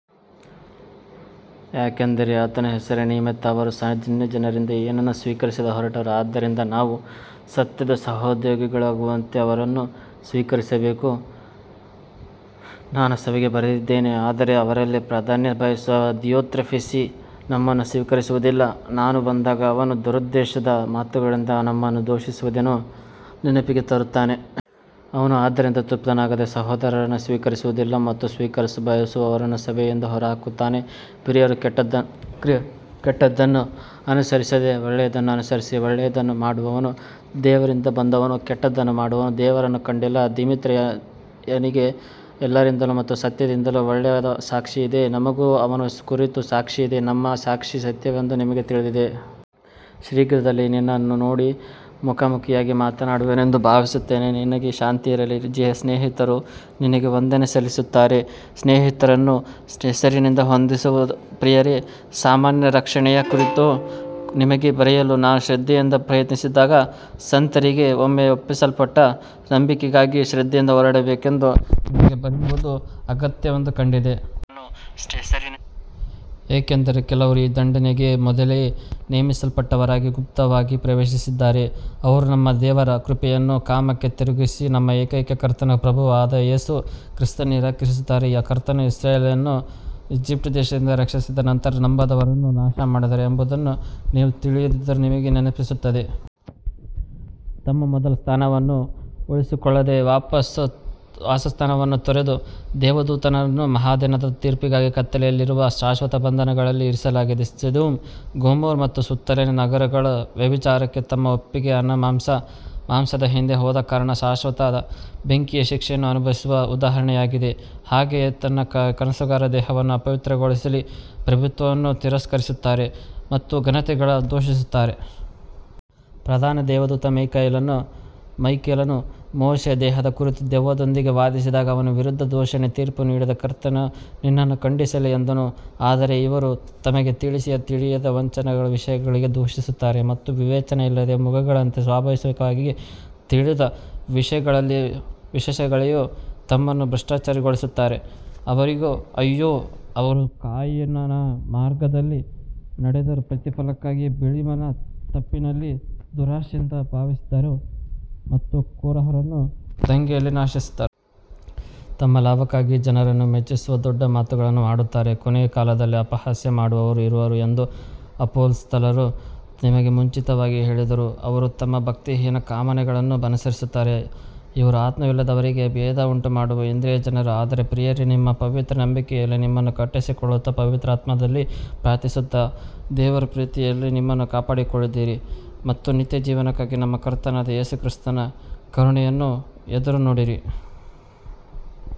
ಯಾಕಂದರೆ ಆತನ ಹೆಸರಿನ ನಿಮಿತ್ತ ಅವರು ಅನ್ಯಜನರಿಂದ ಏನನ್ನೂ ಸ್ವೀಕರಿಸದೆ ಹೊರಟರು. ಆದ್ದರಿಂದ ನಾವು ಸತ್ಯದ ಸಹೋದ್ಯೋಗಿಗಳಾಗುವಂತೆ ಅವರನ್ನು ಸ್ವೀಕರಿಸಬೇಕು. ನಾನು ಸಭೆಗೆ ಬರೆದಿದ್ದೇನೆ, ಆದರೆ ಅವರಲ್ಲಿ ಪ್ರಾಧಾನ್ಯ ಬಯಸುವ ದಿಯೊತ್ರೆಫೇಸ್ ನಮ್ಮನ್ನು ಸ್ವೀಕರಿಸುವುದಿಲ್ಲ. ನಾನು ಬಂದಾಗ ಅವನು ದುರುದ್ದೇಶದ ಮಾತುಗಳಿಂದ ನಮ್ಮನ್ನು ದೂಷಿಸುವುದನ್ನು ನೆನಪಿಗೆ ತರುತ್ತೇನೆ. ಅವನು ಅದರಿಂದ ತೃಪ್ತನಾಗದೆ ಸಹೋದರರನ್ನು ಸ್ವೀಕರಿಸುವುದಿಲ್ಲ ಮತ್ತು ಸ್ವೀಕರಿಸಲು ಬಯಸುವವರನ್ನೂ ಸಭೆಯಿಂದ ಹೊರಹಾಕುತ್ತಾನೆ. ಪ್ರಿಯರೇ, ಕೆಟ್ಟದ್ದನ್ನು ಅನುಸರಿಸದೆ ಒಳ್ಳೆಯದನ್ನು ಅನುಸರಿಸಿರಿ. ಒಳ್ಳೆಯದನ್ನು ಮಾಡುವವನು ದೇವರಿಂದ ಬಂದವನು, ಕೆಟ್ಟದ್ದನ್ನು ಮಾಡುವವನು ದೇವರನ್ನು ಕಂಡಿಲ್ಲ. ದಿಮೇತ್ರಿಯನಿಗೆ ಎಲ್ಲರಿಂದಲೂ ಮತ್ತು ಸತ್ಯದಿಂದಲೂ ಒಳ್ಳೆಯ ಸಾಕ್ಷಿಯಿದೆ. ನಮಗೂ ಅವನ ಕುರಿತು ಸಾಕ್ಷಿಯಿದೆ ಮತ್ತು ನಮ್ಮ ಸಾಕ್ಷಿ ಸತ್ಯವೆಂದು ನಿಮಗೆ ತಿಳಿದಿದೆ. ಶೀಘ್ರದಲ್ಲೇ ನಿನ್ನನ್ನು ನೋಡಿ ಮುಖಾಮುಖಿಯಾಗಿ ಮಾತನಾಡುವೆನೆಂದು ಭಾವಿಸುತ್ತೇನೆ. ನಿನಗೆ ಶಾಂತಿ ಇರಲಿ. ಸ್ನೇಹಿತರು ನಿನಗೆ ವಂದನೆ ಸಲ್ಲಿಸುತ್ತಾರೆ. ಸ್ನೇಹಿತರನ್ನು ಹೆಸರಿನಿಂದ ವಂದಿಸು. ಪ್ರಿಯರೇ, ಸಾಮಾನ್ಯ ರಕ್ಷಣೆಯ ಕುರಿತು ನಿಮಗೆ ಬರೆಯಲು ನಾನು ಶ್ರದ್ಧೆಯಿಂದ ಪ್ರಯತ್ನಿಸುತ್ತಿದ್ದಾಗ, ಸಂತರಿಗೆ ಒಮ್ಮೆ ಒಪ್ಪಿಸಲ್ಪಟ್ಟ ನಂಬಿಕೆಗಾಗಿ ಶ್ರದ್ಧೆಯಿಂದ ಹೋರಾಡಬೇಕೆಂದು ನಿಮಗೆ ಬರೆಯುವುದು ಅಗತ್ಯವೆಂದು ಕಂಡಿತು. ಏಕೆಂದರೆ ಕೆಲವರು ಈ ದಂಡನೆಗೆ ಮೊದಲೇ ನೇಮಿಸಲ್ಪಟ್ಟವರಾಗಿ ಗುಪ್ತವಾಗಿ ಪ್ರವೇಶಿಸಿದ್ದಾರೆ. ಅವರು ನಮ್ಮ ದೇವರ ಕೃಪೆಯನ್ನು ಕಾಮಕ್ಕೆ ತಿರುಗಿಸಿ ನಮ್ಮ ಏಕೈಕ ಕರ್ತನೂ ಪ್ರಭುವೂ ಆದ ಯೇಸು ಕ್ರಿಸ್ತನನ್ನು ನಿರಾಕರಿಸುತ್ತಾರೆ. ಕರ್ತನು ಇಸ್ರಾಯೇಲ್ಯರನ್ನು ಈಜಿಪ್ಟ್ ದೇಶದಿಂದ ರಕ್ಷಿಸಿದ ನಂತರ ನಂಬದವರನ್ನು ನಾಶಮಾಡಿದನು ಎಂಬುದನ್ನು ನೀವು ತಿಳಿದಿದ್ದರೂ ನಿಮಗೆ ನೆನಪಿಸುತ್ತೇನೆ. ತಮ್ಮ ಮೊದಲ ಸ್ಥಾನವನ್ನು ಉಳಿಸಿಕೊಳ್ಳದೆ ವಾಸಸ್ಥಾನವನ್ನು ತೊರೆದ ದೇವದೂತರನ್ನು ಮಹಾದಿನದ ತೀರ್ಪಿಗಾಗಿ ಕತ್ತಲೆಯಲ್ಲಿರುವ ಶಾಶ್ವತ ಬಂಧನಗಳಲ್ಲಿ ಇರಿಸಲಾಗಿದೆ. ಸೊದೊಮ್ ಗೊಮೋರ ಮತ್ತು ಸುತ್ತಲಿನ ನಗರಗಳು ವ್ಯಭಿಚಾರಕ್ಕೆ ತಮ್ಮನ್ನು ಒಪ್ಪಿಸಿ ಅನ್ಯಮಾಂಸದ ಹಿಂದೆ ಹೋದ ಕಾರಣ ಶಾಶ್ವತ ಬೆಂಕಿಯ ಶಿಕ್ಷೆಯನ್ನು ಅನುಭವಿಸುವ ಉದಾಹರಣೆಯಾಗಿವೆ. ಹಾಗೆಯೇ ಈ ಕನಸುಗಾರರು ದೇಹವನ್ನು ಅಪವಿತ್ರಗೊಳಿಸಿ ಪ್ರಭುತ್ವವನ್ನು ತಿರಸ್ಕರಿಸುತ್ತಾರೆ ಮತ್ತು ಘನತೆಗಳನ್ನು ದೂಷಿಸುತ್ತಾರೆ. ಪ್ರಧಾನ ದೇವದೂತ ಮೈಕೇಲನು ಮೋಶೆಯ ದೇಹದ ಕುರಿತು ದೆವ್ವದೊಂದಿಗೆ ವಾದಿಸಿದಾಗ ಅವನ ವಿರುದ್ಧ ದೂಷಣೆಯ ತೀರ್ಪು ನೀಡದೆ, ಕರ್ತನು ನಿನ್ನನ್ನು ಖಂಡಿಸಲಿ ಎಂದನು. ಆದರೆ ಇವರು ತಮಗೆ ತಿಳಿಯದ ವಿಷಯಗಳನ್ನು ದೂಷಿಸುತ್ತಾರೆ ಮತ್ತು ವಿವೇಚನೆಯಿಲ್ಲದ ಮೃಗಗಳಂತೆ ಸ್ವಾಭಾವಿಕವಾಗಿ ತಿಳಿದ ವಿಷಯಗಳಲ್ಲಿಯೂ ತಮ್ಮನ್ನು ಭ್ರಷ್ಟಗೊಳಿಸಿಕೊಳ್ಳುತ್ತಾರೆ. ಅವರಿಗೆ ಅಯ್ಯೋ, ಅವರು ಕಾಯಿನನ ಮಾರ್ಗದಲ್ಲಿ ನಡೆದರು, ಪ್ರತಿಫಲಕ್ಕಾಗಿ ಬಿಳಾಮನ ತಪ್ಪಿನಲ್ಲಿ ದುರಾಶೆಯಿಂದ ಧಾವಿಸಿದರು ಮತ್ತು ಕೋರಹನ ದಂಗೆಯಲ್ಲಿ ನಾಶವಾದರು. ತಮ್ಮ ಲಾಭಕ್ಕಾಗಿ ಜನರನ್ನು ಮೆಚ್ಚಿಸುವ ದೊಡ್ಡ ಮಾತುಗಳನ್ನು ಆಡುತ್ತಾರೆ. ಕೊನೆಯ ಕಾಲದಲ್ಲಿ ಅಪಹಾಸ್ಯ ಮಾಡುವವರು ಇರುವರು ಎಂದು ಅಪೊಸ್ತಲರು ನಿಮಗೆ ಮುಂಚಿತವಾಗಿ ಹೇಳಿದರು. ಅವರು ತಮ್ಮ ಭಕ್ತಿಹೀನ ಕಾಮನೆಗಳನ್ನು ಅನುಸರಿಸುತ್ತಾರೆ. ಇವರು ಆತ್ಮವಿಲ್ಲದವರಾಗಿ ಭೇದ ಉಂಟುಮಾಡುವ ಇಂದ್ರಿಯಜನರು. ಆದರೆ ಪ್ರಿಯರೇ, ನಿಮ್ಮ ಪವಿತ್ರ ನಂಬಿಕೆಯಲ್ಲಿ ನಿಮ್ಮನ್ನು ಕಟ್ಟಿಕೊಳ್ಳುತ್ತಾ, ಪವಿತ್ರಾತ್ಮದಲ್ಲಿ ಪ್ರಾರ್ಥಿಸುತ್ತಾ, ದೇವರ ಪ್ರೀತಿಯಲ್ಲಿ ನಿಮ್ಮನ್ನು ಕಾಪಾಡಿಕೊಳ್ಳಿರಿ ಮತ್ತು ನಿತ್ಯಜೀವಕ್ಕಾಗಿ ನಮ್ಮ ಕರ್ತನಾದ ಯೇಸು ಕ್ರಿಸ್ತನ ಕರುಣೆಯನ್ನು ಎದುರುನೋಡಿರಿ.